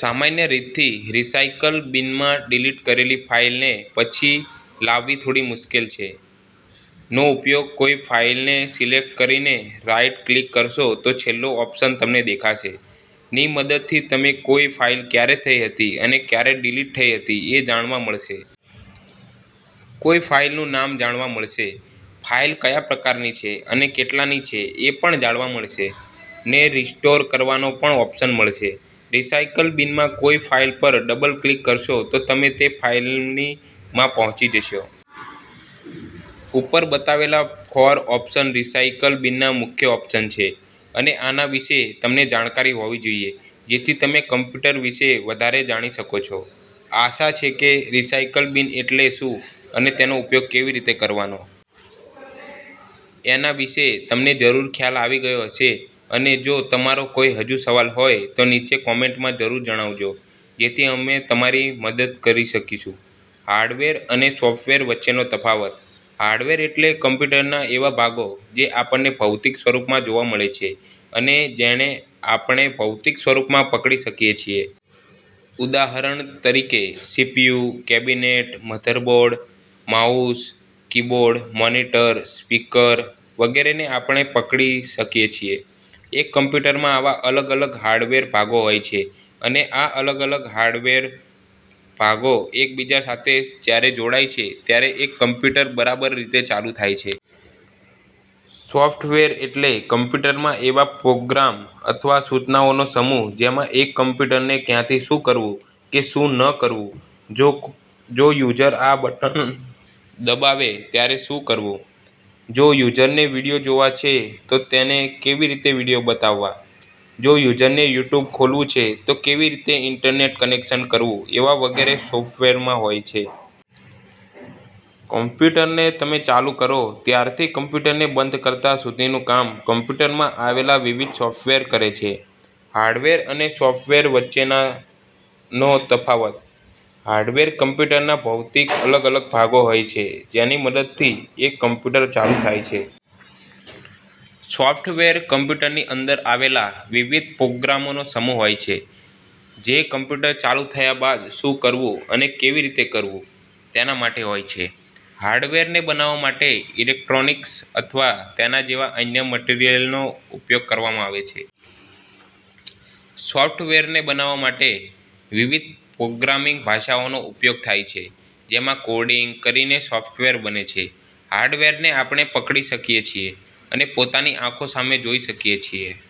સામાન્ય રીતથી recycle બિનમાં delete કરેલી ફાઇલને પછી લાવવી થોડી મુશ્કેલ છે. નો ઉપયોગ કોઈ ફાઇલને સિલેક્ટ કરીને રાઇટ ક્લિક કરશો તો છેલ્લો ઓપ્શન તમને દેખાશે. ની મદદથી તમે કોઈ ફાઇલ ક્યારે થઈ હતી અને ક્યારે ડિલીટ થઈ હતી એ જાણવા મળશે. કોઈ ફાઇલનું નામ જાણવા મળશે. ફાઇલ કયા પ્રકારની છે અને કેટલા ની છે એ પણ જાણવા મળશે. ને રિસ્ટોર કરવાનો પણ ઓપ્શન મળશે. રીસાઇકલ બિનમાં કોઈ ફાઇલ પર ડબલ ક્લિક કરશો તો તમે તે ફાઇલની માં પહોચી જશો. ઉપર બતાવેલા ફોર ઓપ્શન રીસાઇકલ બિનના મુખ્ય ઓપ્શન છે અને આના વિશે તમને જાણકારી હોવી જોઈએ જેથી તમે કમ્પ્યુટર વિશે વધારે જાણી શકો છો. આશા છે કે રીસાઇકલ બિન એટલે શું અને તેનો ઉપયોગ કેવી રીતે કરવાનો? એના વિશે તમને જરૂર ખ્યાલ આવી ગયો હશે અને જો તમારો કોઈ હજુ સવાલ હોય તો નીચે કોમેન્ટમાં જરૂર જણાવજો જેથી અમે તમારી મદદ કરી શકીશું. હાર્ડવેર અને સોફ્ટવેર વચ્ચેનો તફાવત. હાર્ડવેર એટલે કમ્પ્યુટરના એવા ભાગો જે આપણને ભૌતિક સ્વરૂપમાં જોવા મળે છે અને જેને આપણે ભૌતિક સ્વરૂપમાં પકડી શકીએ છીએ. ઉદાહરણ તરીકે CPU cabinet, motherboard, mouse, keyboard, monitor, speaker વગેરેને આપણે પકડી શકીએ છીએ. એક કમ્પ્યુટરમાં આવા અલગ-અલગ હાર્ડવેર ભાગો હોય છે અને આ અલગ-અલગ હાર્ડવેર ભાગો એક બીજા સાથે જ્યારે જોડાય છે ત્યારે એક કમ્પ્યુટર બરાબર રીતે ચાલુ થાય છે. સોફ્ટવેર એટલે કમ્પ્યુટરમાં એવા પ્રોગ્રામ અથવા સૂચનાઓનો સમૂહ જેમાં એક કમ્પ્યુટરને ક્યારે શું કરવું કે શું ન કરવું, જો યુઝર આ બટન દબાવે ત્યારે શું કરવું, જો યુઝરને વિડિયો જોવા છે તો તેને કેવી રીતે વિડિયો બતાવવા, જો યુઝરને યુટ્યુબ ખોલવું છે તો કેવી રીતે ઇન્ટરનેટ કનેક્શન કરવું એવા વગેરે સોફ્ટવેરમાં હોય છે. કમ્પ્યુટરને તમે ચાલુ કરો ત્યારથી કમ્પ્યુટરને બંધ કરતાં સુધીનું કામ કમ્પ્યુટરમાં આવેલા વિવિધ સોફ્ટવેર કરે છે. હાર્ડવેર અને સોફ્ટવેર વચ્ચેનો તફાવત. હાર્ડવેર કમ્પ્યુટરના ભૌતિક અલગ-અલગ ભાગો હોય છે જેની મદદથી એક કમ્પ્યુટર ચાલુ થાય છે. સોફ્ટવેર કમ્પ્યુટરની અંદર આવેલા વિવિધ પ્રોગ્રામોનો સમૂહ હોય છે જે કમ્પ્યુટર ચાલુ થયા બાદ શું કરવું અને કેવી રીતે કરવું તેના માટે હોય છે. હાર્ડવેરને બનાવવા માટે ઇલેક્ટ્રોનિક્સ અથવા તેના જેવા અન્ય મટિરિયલનો ઉપયોગ કરવામાં આવે છે. સોફ્ટવેરને બનાવવા માટે વિવિધ કમ્પ્યુટર પ્રોગ્રામિંગ ભાષાઓનો ઉપયોગ થાય છે જેમાં કોડિંગ કરીને સોફ્ટવેર બને છે. હાર્ડવેરને આપણે પકડી શકીએ છીએ અને પોતાની આંખો સામે જોઈ શકીએ છીએ.